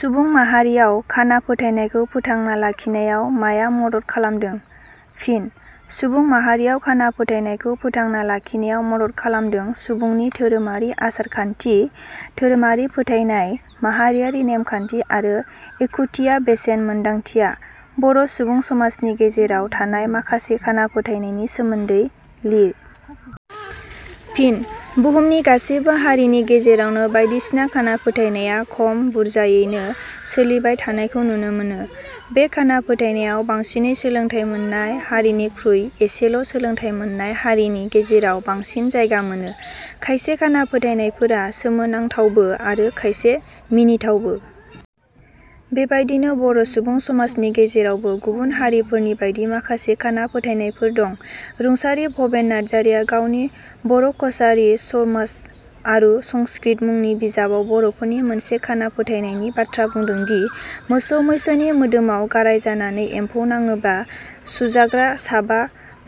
सुबुं माहारियाव खाना फोथायनायखौ फोथांना लाखिनायाव माया मदद खालामदों? फिन :- सुबुं माहारियाव खाना फोथायनायखौ फोथांना लाखिनायाव मदद खालामदों सुबुंनि धोरोमारि आसार-खान्थि, धोरोमारि फोथायनाय, माहारियारि नेमखान्थि आरो एखुथिया बेसेन मोन्दांथिया। बर' सुबुं समाजनि गेजेराव थानाय माखासे खाना फोथायनायनि सोमोन्दै लिए। फिन :- बुहुमनि गासैबो हारिनि गेजेरावनो बायदिसिना खाना फोथायनाया खम बुरजायैनो सोलिबाय थानायखौ नुनो मोनो। बे खाना फोथायनाया बांसिनै सोलोंथाइ मोन्नाय हारिनिखुइ एसेल' सोलोंथाइ मोननाय हारिनि गेजेराव बांसिन जायगा मोनो। खायसे खाना फोथायनायफोरा सोमोनांथावबो आरो खायसे मिथिथावबो। बे बायदिनो बर' सुबुं समाजनि गेजेरावबो गुबुन हारिफोरनि बायदि माखासे खाना फोथायनायफोर दं। रुंसारि भबेन नार्जीआ गावनि बर' कसारीर समाज आरु संस्कृति मुनि बिजाबआव बर 'फोरनि मोनसे खाना फोथायनायनि बाथ्रा बुंदों दि मोसौ-मैसोनि मोदोमआव गाराइ जानानै एम्फौ नाडोब्ला सुजाग्रा साबा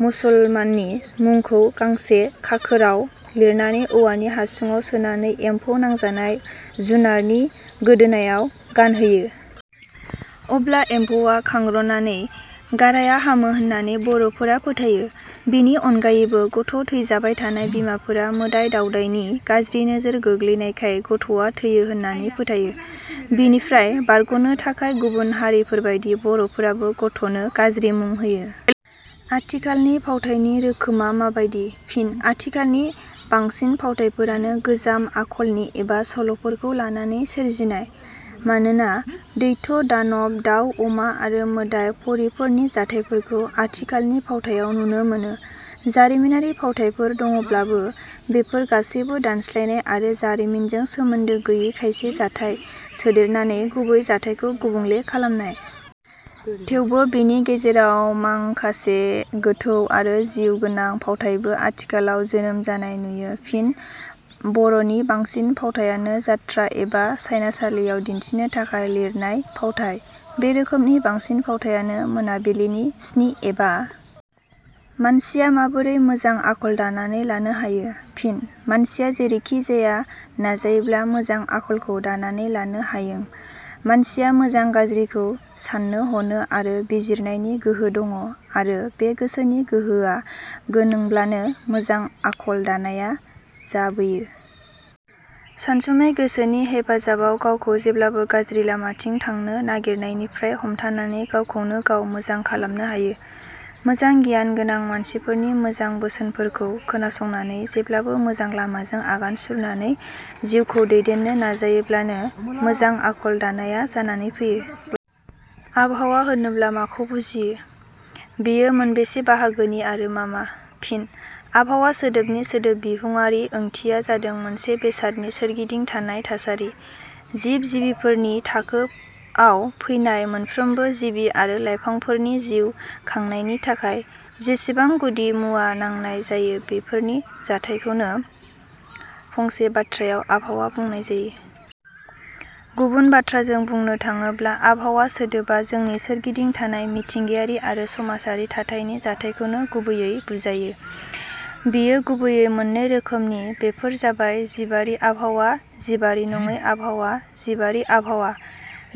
मुसलमाननि मुंखौ गांसे खाखोरआव लिरनानै औवानि हासुंआव सोनानै एम्फौ नांजानाय जुनारनि गोदोनायाव गानहोयो। अब्ला एम्फौवा खांरनानै गाराइया हामो होन्नानै बर 'फोरा फोथायो। बिनि अनगायैबो गथ' थैजाबाय थानाय बिमाफोरा मोदाइ-दाउदाइनि गाज्रि नोजोर गोग्लैनायखाय गथ'आ थैयो होन्नानै फोथायो। बेनिफ्राय बारग 'नो थाखाय गुबुन हारिफोरबादि बर 'फोराबो गथ 'नो गाज्रि मुं होयो। आथिखालनि फावथाइनि रोखोमा माबादि? फिन: आथिखालनि बांसिन फावथाइफोरानो गोजाम आखलनि एबा सल 'फोरखौ लानानै सोरजिनाय। मानोना दैत्य-दानब, दाउ-अमा आरो मोदाइ परिफोरनि जाथाइफोरखौ आथिखालनि फावथाइयाव नुनो मोनो। जारिमिनारि फावथाइफोर दङब्लाबो बेफोर गासैबो दानस्लायनाय आरो जारिमिनजों सोमोन्दो गैयि खायसे जाथाय सोदेरनानै गुबै जाथाइखौ गुबुंले खालामनाय। थेवबो बेनि गेजेराव मांखासे गोथौ आरो जिउ गोनां फावथाइबो आथिखालआव जोनोम जानाय नुयो। फिन: बर 'नि बांसिन फावथाइयानो जात्रा एबा सायनासालियाव दिन्थिनो थाखाय लिरनाय फावथाइ। बे रोखोमनि बांसिन फावथाइयानो मोनाबिलिनि स्नि एबा। मानसिया माबोरै मोजां आखल दानानै लानो हायो? फिन :- मानसिया जेरैखि जाया नाजायोब्ला मोजां आखलखौ दानानै लानो हायों। मानसिया मोजां गाज्रिखौ साननो ह'नो आरो बिजिरनायनि गोहो दङ आरो बे गोसोनि गोहोआ गोनोंब्लाबो मोजां आखल दानाया जोबैयो। सानसुमै गोसोनि हेफाजाबआव गावखौ जेब्लाबो गाज्रि लामाथिं थांनो नायगिरिनायनिफ्राय हमथानानै गावखौनो गाव मोजां खालामनो हायो। मोजां गियान गोनां मानसिफोरनि मोजां बोसोनफोरखौ खोनासंनानै जेब्लाबो मोजां लामाजों आगान सुरनानै जिउखौ दैदेननो नाजायोब्लानो मोजां आखल 'दानाया जानानै फैयो। आबहावा होनोब्ला माखौ बुजियो? बेयो मोनबेसे बाहागोनि आरो मा मा? फिन: आबहावा सोदोबनि सोदोब बिहुंआरि ओंथिया जादों मोनसे बेसादनि सोरगिदिं थानाय थासारि। जिब-जिबिफोरनि थाखोआव फैनाय मोनफ्रोमबो जिबि आरो लाइफांफोरनि जिउ खांनायनि थाखाय जेसेबां गुदि मुवा नांनाय जायो बेफोरनि जाथायखौनो फंसे बाथ्रायाव आबहावा बुंनाय जायो। गुबुन बाथ्राजों बुंनो थाडोब्ला आबहावा सोदोबा जोंनि सोरगिदिं थानाय मिथिंगायारि आरो समाजारि थाथायनि जाथायखौनो गुबैयै बुजायो। बेयो गुबैयै मोननै रोखोमनि। बेफोर जाबाय- जिबारि आबहावा जिबारि नङि आबहावा जिबारि आबहावा: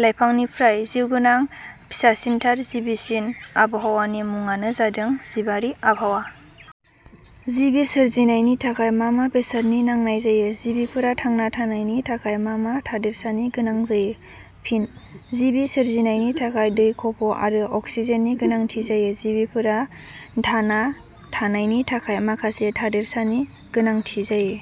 लाइफांनिफ्राय जिउगोनां फिसासिनथार जिबिसिम आबहावानि मुंआनो जादों जिबारि आबहावा। जिबि सोरजिनायनि थाखाय मा मा बेसादनि नांनाय जायो। जिबिफोरा थांना थानायनि थाखाय मा मा थादेरसानि गोनां जायो? फिन: जिबि सोरजिनायनि थाखाय दै खफ' आरो अक्सिजेननि गोनांथि जायो। जिबिफोरा थाना थानायनि थाखाय माखासे थादेरसानि गोनांथि जायो।